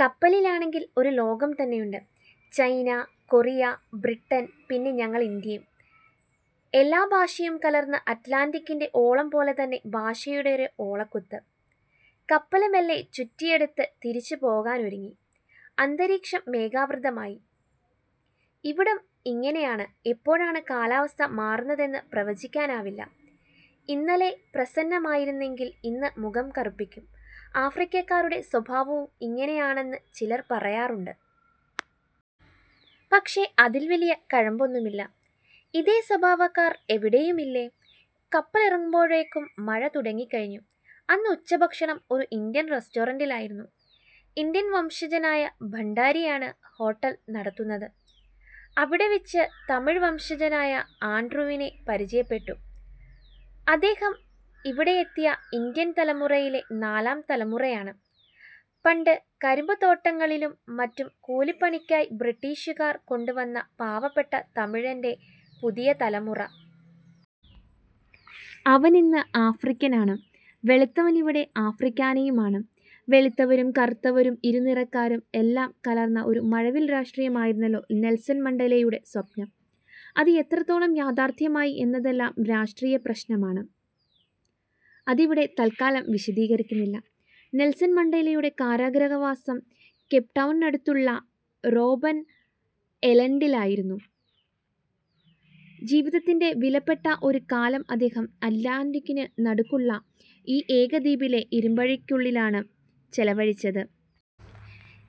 കപ്പലിലാണെങ്കില് ഒരു ലോകം തന്നെയുണ്ട്. ചൈന, കൊറിയ, ബ്രിട്ടന്, പിന്നെ ഞങ്ങളിന്ത്യയും, എല്ലാ ഭാഷയും കലര്ന്ന് അറ്റ്ലാന്റിക്കിന്റെ ഓളംപോലെതന്നെ ഭാഷയുടെ ഒരു ഓളക്കുത്ത്. കപ്പല് മെല്ലെ ചുറ്റിയെടുത്ത് തിരിച്ചുപോകാനൊരുങ്ങി. അന്തരീക്ഷം മേഘാവൃതമായി. ഇവിടം ഇങ്ങനെയാണ് എപ്പോഴാണ് കാലാവസ്ഥ മാറുന്നതെന്ന് പ്രവചിക്കാനാവില്ല. ഇന്നലെ പ്രസന്നമായിരുന്നെങ്കില് ഇന്ന് മുഖം കറുപ്പിക്കും. ആഫ്രിക്കക്കാരുടെ സ്വഭാവവും ഇങ്ങനെയാണെന്ന് ചിലര് പറയാറുണ്ട്. പക്ഷേ, അതില് വലിയ കഴമ്പൊന്നുമില്ല. ഇതേ സ്വഭാവക്കാര് എവിടെയുമില്ലേ. കപ്പലിറങ്ങുമ്പോഴേക്കും മഴ തുടങ്ങിക്കഴിഞ്ഞു. അന്ന് ഉച്ചഭക്ഷണം ഒരു ഇന്ത്യന് റെസ്റ്റോറന്റിലായിരുന്നു. ഇന്ത്യന്വംശജനായ ഭണ്ഡാരിയാണ് ഹോട്ടല് നടത്തുന്നത്. അവിടെവെച്ച് തമിഴ് വംശജനായ ആന്ഡ്രൂവിനെ പരിചയപ്പെട്ടു. അദ്ദേഹം ഇവിടെയെത്തിയ ഇന്ത്യന് തലമുറയിലെ നാലാംതലമുറയാണ്. പണ്ട് കരിമ്പുതോട്ടങ്ങളിലും മറ്റും കൂലിപ്പണിക്കായി ബ്രിട്ടീഷുകാര് കൊണ്ടുവന്ന പാവപ്പെട്ട തമിഴന്റെ പുതിയതലമുറ. അവനിന്ന് ആഫ്രിക്കന് ആണ്. വെളുത്തവന് ഇവിടെ ആഫ്രിക്കാനയുമാണ്. വെളുത്തവരും കറുത്തവരും ഇരുനിറക്കാരും എല്ലാം കലര്ന്ന ഒരു മഴവില് രാഷ്ട്രമായിരുന്നല്ലോ നെല്സണ് മണ്ടേലയുടെ സ്വപ്നം. അത് എത്രത്തോളം യാഥാര്ഥ്യമായി എന്നതെല്ലാം രാഷ്ട്രീയ പ്രശ്നമാണ്. അതിവിടെ തത്കാലം വിശദീകരിക്കുന്നില്ല. നെല്സണ് മണ്ടേലയുടെ കാരാഗൃഹവാസം കേപ്ടൗണിനടുത്തുള്ള റോബന് എലന്ഡിലായിരുന്നു. ജീവിതത്തിന്റെ വിലപ്പെട്ട ഒരു കാലം അദ്ദേഹം അറ്റ്ലാന്റിക്കിനു നടുക്കുള്ള ഈ ഏകാന്തദ്വീപിലെ ഇരുമ്പഴികള്ക്കുള്ളിലാണ് ചെലവഴിച്ചത്.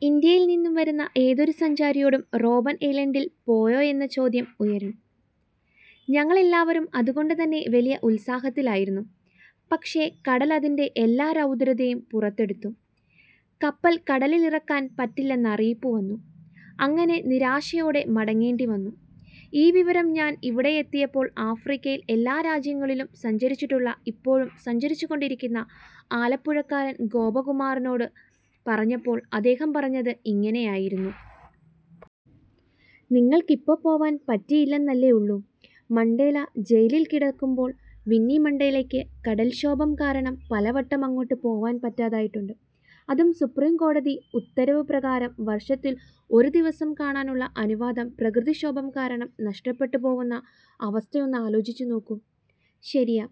ഇന്ത്യയില്നിന്നു വരുന്ന ഏതൊരു സഞ്ചാരിയോടും റോബന് ഐലന്ഡില് പോയോ എന്ന ചോദ്യം ഉയരും. ഞങ്ങളെല്ലാവരും അതുകൊണ്ടുതന്നെ വലിയ ഉത്സാഹത്തിലായിരുന്നു. പക്ഷേ, കടല് അതിന്റെ എല്ലാ രൗദ്രതയും പുറത്തെടുത്തു. കപ്പല് കടലിലിറക്കാന് പറ്റില്ലെന്നറിയിപ്പു വന്നു. അങ്ങനെ നിരാശയോടെ മടങ്ങേണ്ടിവന്നു. ഈ വിവരം ഞാന് ഇവിടെയെത്തിയപ്പോള് ആഫ്രിക്കയില് എല്ലാ രാജ്യങ്ങളിലും സഞ്ചരിച്ചിട്ടുള്ള ഇപ്പോഴും സഞ്ചരിച്ചുകൊണ്ടിരിക്കുന്ന ആലപ്പുഴക്കാരന് ഗോപകുമാറിനോട് പറഞ്ഞപ്പോള് അദ്ദേഹം പറഞ്ഞത് ഇങ്ങനെയായിരുന്നു. ''നിങ്ങള്ക്കിപ്പോ പോവാന് പറ്റിയില്ലെന്നല്ലേ ഉള്ളൂ. മണ്ടേല ജയിലില് കിടക്കുമ്പോള് വിന്നി മണ്ടേലയ്ക്ക് കടല്ക്ഷോഭം കാരണം പലവട്ടം അങ്ങോട്ട് പോവാന് പറ്റാതായിട്ടുണ്ട്. അതും സുപ്രീംകോടതി ഉത്തരവ് പ്രകാരം വര്ഷത്തില് ഒരു ദിവസം കാണാനുള്ള അനുവാദം പ്രകൃതിക്ഷോഭം കാരണം നഷ്ടപ്പെട്ടുപോവുന്ന അവസ്ഥ ഒന്നാലോചിച്ചുനോക്കൂ. ' ശരിയാ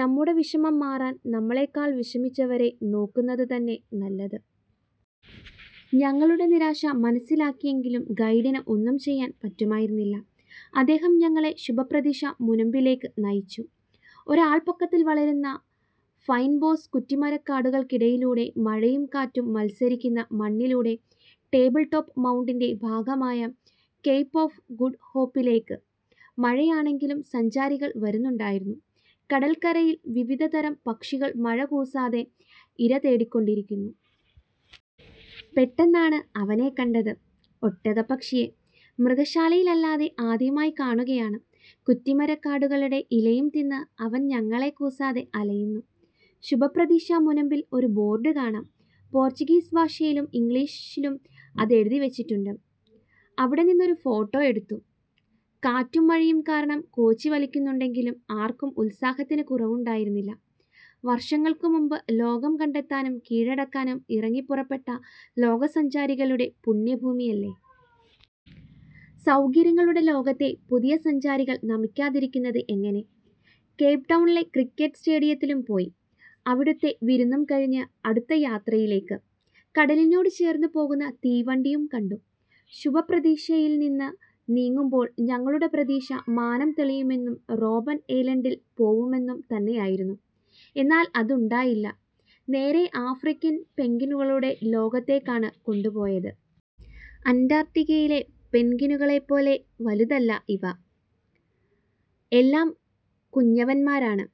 നമ്മുടെ വിഷമം മാറാന് നമ്മളെക്കാള് വിഷമിച്ചവരെ നോക്കുന്നതുതന്നെ നല്ലത്. ഞങ്ങളുടെ നിരാശ മനസ്സിലാക്കിയെങ്കിലും ഗൈഡിന് ഒന്നും ചെയ്യാന് പറ്റുമായിരുന്നില്ല. അദ്ദേഹം ഞങ്ങളെ ശുഭപ്രതീക്ഷാ മുനമ്പിലേക്ക് നയിച്ചു. ഒരാള്പൊക്കത്തില് വളരുന്ന ഫൈന്ബോസ് കുറ്റിമരക്കാടുകള്ക്കിടയിലൂടെ മഴയും കാറ്റും മത്സരിക്കുന്ന മണ്ണിലൂടെ ടേബിള്ടോപ് മൗണ്ടന്റെ ഭാഗമായ കേപ് ഓഫ് ഗുഡ്ഹോപ്പിലേക്ക്. മഴയാണെങ്കിലും സഞ്ചാരികള് വരുന്നുണ്ടായിരുന്നു. കടല്ക്കരയില് വിവിധതരം പക്ഷികള് മഴ കൂസാതെ ഇരതേടിക്കൊണ്ടിരിക്കുന്നു. പെട്ടെന്നാണ് അവനെ കണ്ടത്, ഒട്ടകപ്പക്ഷിയെ. മൃഗശാലയിലല്ലാതെ ആദ്യമായി കാണുകയാണ്. കുറ്റിമരക്കാടുകളുടെ ഇലയും തിന്ന് അവന് ഞങ്ങളെ കൂസാതെ അലയുന്നു. ശുഭപ്രതീക്ഷാ മുനമ്പില് ഒരു ബോര്ഡ് കാണാം. പോര്ച്ചുഗീസ് ഭാഷയിലും ഇംഗ്ലീഷിലും അതെഴുതിവെച്ചിട്ടുണ്ട്. അവിടെനിന്നൊരു ഫോട്ടോ എടുത്തു. കാറ്റും മഴയും കാരണം കോച്ചിവലിക്കുന്നുണ്ടെങ്കിലും ആര്ക്കും ഉത്സാഹത്തിന് കുറവുണ്ടായിരുന്നില്ല. വര്ഷങ്ങള്ക്കുമുന്പ് ലോകം കണ്ടെത്താനും കീഴടക്കാനും ഇറങ്ങിപ്പുറപ്പെട്ട ലോകസഞ്ചാരികളുടെ പുണ്യഭൂമിയല്ലേ. സൗകര്യങ്ങളുടെ ലോകത്തെ പുതിയ സഞ്ചാരികള് നമിക്കാതിരിക്കുന്നതെങ്ങനെ. കേപ്ടൗണിലെ ക്രിക്കറ്റ് സ്റ്റേഡിയത്തിലും പോയി. അവിടുത്തെ വിരുന്നും കഴിഞ്ഞ് അടുത്ത യാത്രയിലേക്ക്. കടലിനോട് ചേര്ന്ന് പോകുന്ന തീവണ്ടിയും കണ്ടു. ശുഭപ്രതീക്ഷയില്നിന്ന് നീങ്ങുമ്പോള് ഞങ്ങളുടെ പ്രതീക്ഷ മാനം തെളിയുമെന്നും റോബന് ഐലന്ഡില് പോവുമെന്നും തന്നെയായിരുന്നു. എന്നാല് അതുണ്ടായില്ല. നേരെ ആഫ്രിക്കന് പെന്ഗ്വിനുകളുടെ ലോകത്തേക്കാണ് കൊണ്ടുപോയത്. അന്റാര്ട്ടിക്കയിലെ പെന്ഗ്വിനുകളെപ്പോലെ വലുതല്ല ഇവ. എല്ലാം കുഞ്ഞവന്മാരാണ്.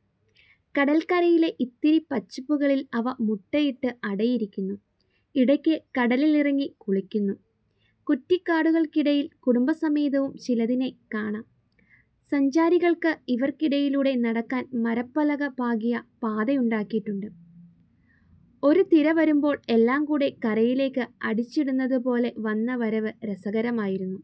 കടല്ക്കരയിലെ ഇത്തിരി പച്ചപ്പുകളില് അവ മുട്ടയിട്ട് അടയിരിക്കുന്നു. ഇടയ്ക്ക് കടലിലിറങ്ങി കുളിക്കുന്നു. കുറ്റിക്കാടുകള്ക്കിടയില് കുടുംബസമേതവും ചിലതിനെ കാണാം. സഞ്ചാരികള്ക്ക് ഇവര്ക്കിടയിലൂടെ നടക്കാന് മരപ്പലക പാകിയ പാതയുണ്ടാക്കിയിട്ടുണ്ട്. ഒരു തിര വരുമ്പോള് എല്ലാം കൂടെ കരയിലേക്ക് അടിച്ചിടുന്നതുപോലെ വന്ന വരവ് രസകരമായിരുന്നു.